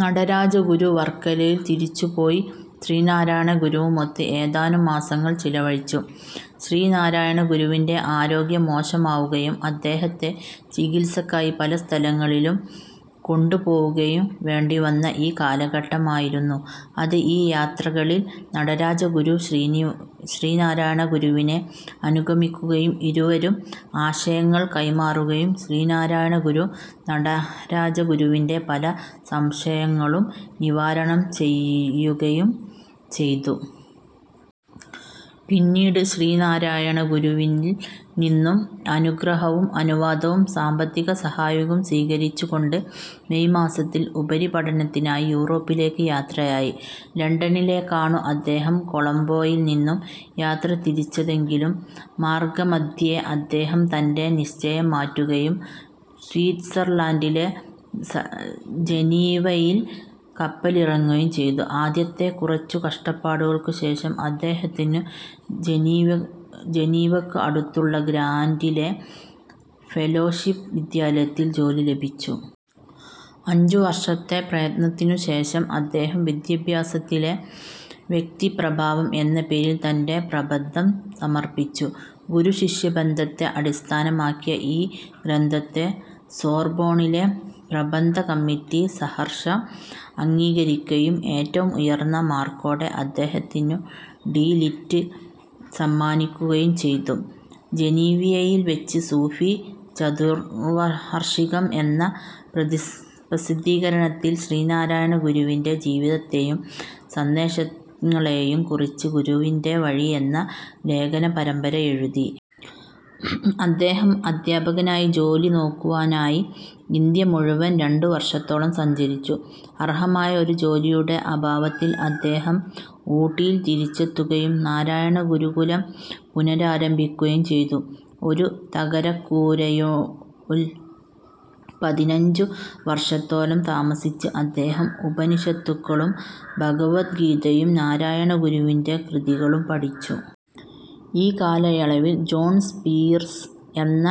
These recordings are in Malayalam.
നടരാജ ഗുരു വർക്കലയിൽ തിരിച്ചു പോയി ശ്രീനാരായണ ഗുരുവുമൊത്ത് ഏതാനും മാസങ്ങൾ ചിലവഴിച്ചു. ശ്രീ നാരായണ ഗുരുവിന്റെ ആരോഗ്യം മോശമാവുകയും അദ്ദേഹത്തെ ചികത്സക്കായി പല സ്ഥലങ്ങളിലും കൊണ്ടുപോവുകയും വേണ്ടിവന്ന ഈ കാലഘട്ടം ആയിരുന്നു അത്. ഈ യാത്രകളിൽ നടരാജ ഗുരു ശ്രീനാരായണ ഗുരുവിനെ അനുഗമിക്കുകയും ഇരുവരും ആശയങ്ങൾ കൈമാറുകയും ശ്രീനാരായണ ഗുരു നടരാജ ഗുരുവിന്റെ പല സംശയങ്ങളും നിവാരണം ചെയ്യുകയും ചെയ്തു. പിന്നീട് ശ്രീനാരായണ ഗുരുവിൽ നിന്നം അനുഗ്രഹവും അനുവാദവും സാമ്പത്തിക സഹായവും സ്വീകരിച്ചു കൊണ്ട് മെയ് മാസത്തിൽ ഉപരിപഠനത്തിനായി യൂറോപ്പിലേക്ക് യാത്രയായി. ലണ്ടനിലേക്കാണു അദ്ദേഹം കൊളംബോയിൽ നിന്നു യാത്ര തിരിച്ചതെങ്കിലും മാർഗ്ഗമദ്ധ്യേ അദ്ദേഹം തന്റെ നിശ്ചയം മാറ്റുകയും സ്വിറ്റ്സർലാന്റിലെ ജനീവയിൽ കപ്പലിറങ്ങുകയും ചെയ്തു. ആദ്യത്തെ കുറച്ചു കഷ്ടപ്പാടുകൾക്കു ശേഷം അദ്ദേഹത്തിനു ജനീവക്കു അടുത്തുള്ള ഗ്ലാന്റിലെ ഫെലോഷിപ് വിദ്യാലയത്തിൽ ജോലി ലഭിച്ചു. അഞ്ചു വർഷത്തെ പ്രയത്നത്തിനു ശേഷം അദ്ദേഹം വിദ്യാഭ്യാസത്തിലെ വ്യക്തി പ്രഭാവം എന്ന പേരിൽ തന്റെ പ്രബന്ധം സമർപ്പിച്ചു. ഗുരുശിഷ്യ ബന്ധത്തെ അടിസ്ഥാനമാക്കിയ ഈ ഗ്രന്ധത്തെ സോർബോണിലെ പ്രബന്ധ കമ്മിറ്റി സഹർഷം അംഗീകരിക്കുകയും ഏറ്റവും ഉയർന്ന മാർക്കോടെ അദ്ദേഹത്തിനു ഡി. ലിറ്റ് സമ്മാനിക്കുകയും ചെയ്തു. ജനീവയിൽ വെച്ച് സൂഫി ചതുർവാർഷികം എന്ന പ്രസിദ്ധീകരണത്തിൽ ശ്രീനാരായണ ഗുരുവിന്റെ ജീവിതത്തെയും സന്ദേശങ്ങളെയും കുറിച്ച് "ഗുരുവിന്റെ വഴി" എന്ന ലേഖന പരമ്പര എഴുതി. അദ്ദേഹം അദ്ധ്യാപകനായി ജോലി നോക്കുവാനായി ഇന്ത്യ മുഴുവൻ രണ്ടു വർഷത്തോളം സഞ്ചരിച്ചു. അർഹമായ ഒരു ജോലിയുടെ അഭാവത്തിൽ അദ്ദേഹം ഊട്ടിയിൽ തിരിച്ചെത്തുകയും നാരായണ ഗുരുകുലം പുനരാരംഭിക്കുകയും ചെയ്തു. ഒരു തകരക്കൂരയുൽ പതിനഞ്ചു വർഷത്തോളം താമസിച്ച് അദ്ദേഹം ഉപനിഷത്തുകളും ഭഗവദ് ഗീതയും നാരായണ ഗുരുവിന്റെ കൃതികളും പഠിച്ചു. ഈ കാലയളവിൽ ജോൺ സ്പീർസ് എന്ന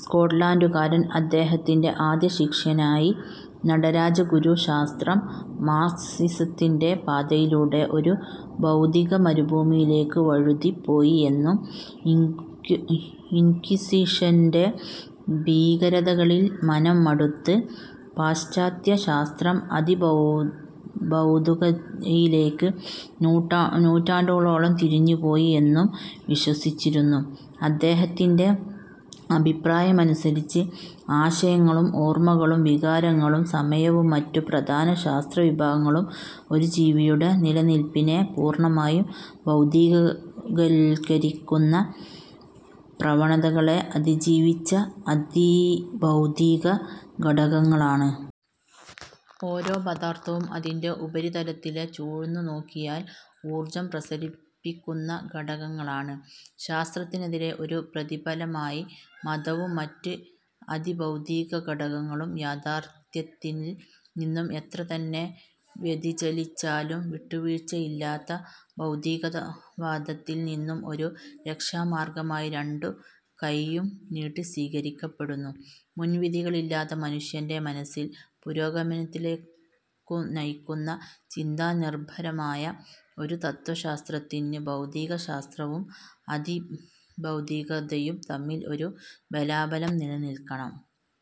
സ്കോട്ട്ലാന്റുകാരൻ അദ്ദേഹത്തിന്റെ ആദ്യ ശിഷ്യനായി. നടരാജ ഗുരു ശാസ്ത്രം മാർക്സിസത്തിന്റെ പാതയിലൂടെ ഒരു ഭൗതിക മരുഭൂമിയിലേക്കു വഴുതിപ്പോയി എന്നും ഇൻക്വിസിഷന്റെ ഭീകരതകളിൽ മനം മടുത്ത് പാശ്ചാത്യ ശാസ്ത്രം അതിഭൌതുകയിലേക്ക് നൂറ്റാണ്ടുകളോളം തിരിഞ്ഞുപോയി എന്നും വിശ്വസിച്ചിരുന്നു. അദ്ദേഹത്തിന്റെ അഭിപ്രായമനുസരിച്ച് ആശയങ്ങളും ഓർമ്മകളും വികാരങ്ങളും സമയവും മറ്റു പ്രധാന ശാസ്ത്ര വിഭാഗങ്ങളും ഒരു ജീവിയുടെ നിലനില്പിനെ പൂർണമായും ഭൌതീകവൽക്കരിക്കുന്ന പ്രവണതകളെ അതിജീവിച്ച അതിഭൌതീക ഖടകങ്ങളാണ്. ഓരോ പദാർഥവും അതിന്റെ ഉപരിതലത്തിനെ ചൂഴ്ന്നു നോക്കിയാൽ ഊർജ്ജം പ്രസരിപ്പിക്കുന്ന ഖടകങ്ങളാണ്. ശാസ്ത്രത്തിനെതിരെ ഒരു പ്രതിബലമായി മതവും മറ്റ് അതിഭൌതീക ഖടകങ്ങളും യാത്ഥാർത്ഥ്യത്തിൽ നിന്നു എത്രതന്നെ വ്യതിചലിച്ചാലും വിട്ടുവീഴ്ചയില്ലാത്ത ഭൌതീകവാദത്തിൽനിന്നു ഒരു രക്ഷാമാർഗ്ഗമായി രണ്ടുകൈയും നീട്ടി സ്വീകരിക്കപ്പെടുന്നു. മുൻവിധികളില്ലാത്ത മനുഷ്യന്റെ മനസ്സിന്റെ പുരോഗമനത്തിലേക്കുനയിക്കുന്ന ചിന്താനിർഭരമായ ഒരു തത്ത്വശാസ്ത്രത്തിന് ഭൌതീകശാസ്ത്രവും അതിഭൌതീകതയും തമ്മിൽ ഒരു ബലാബലം നിലനിൽക്കണം.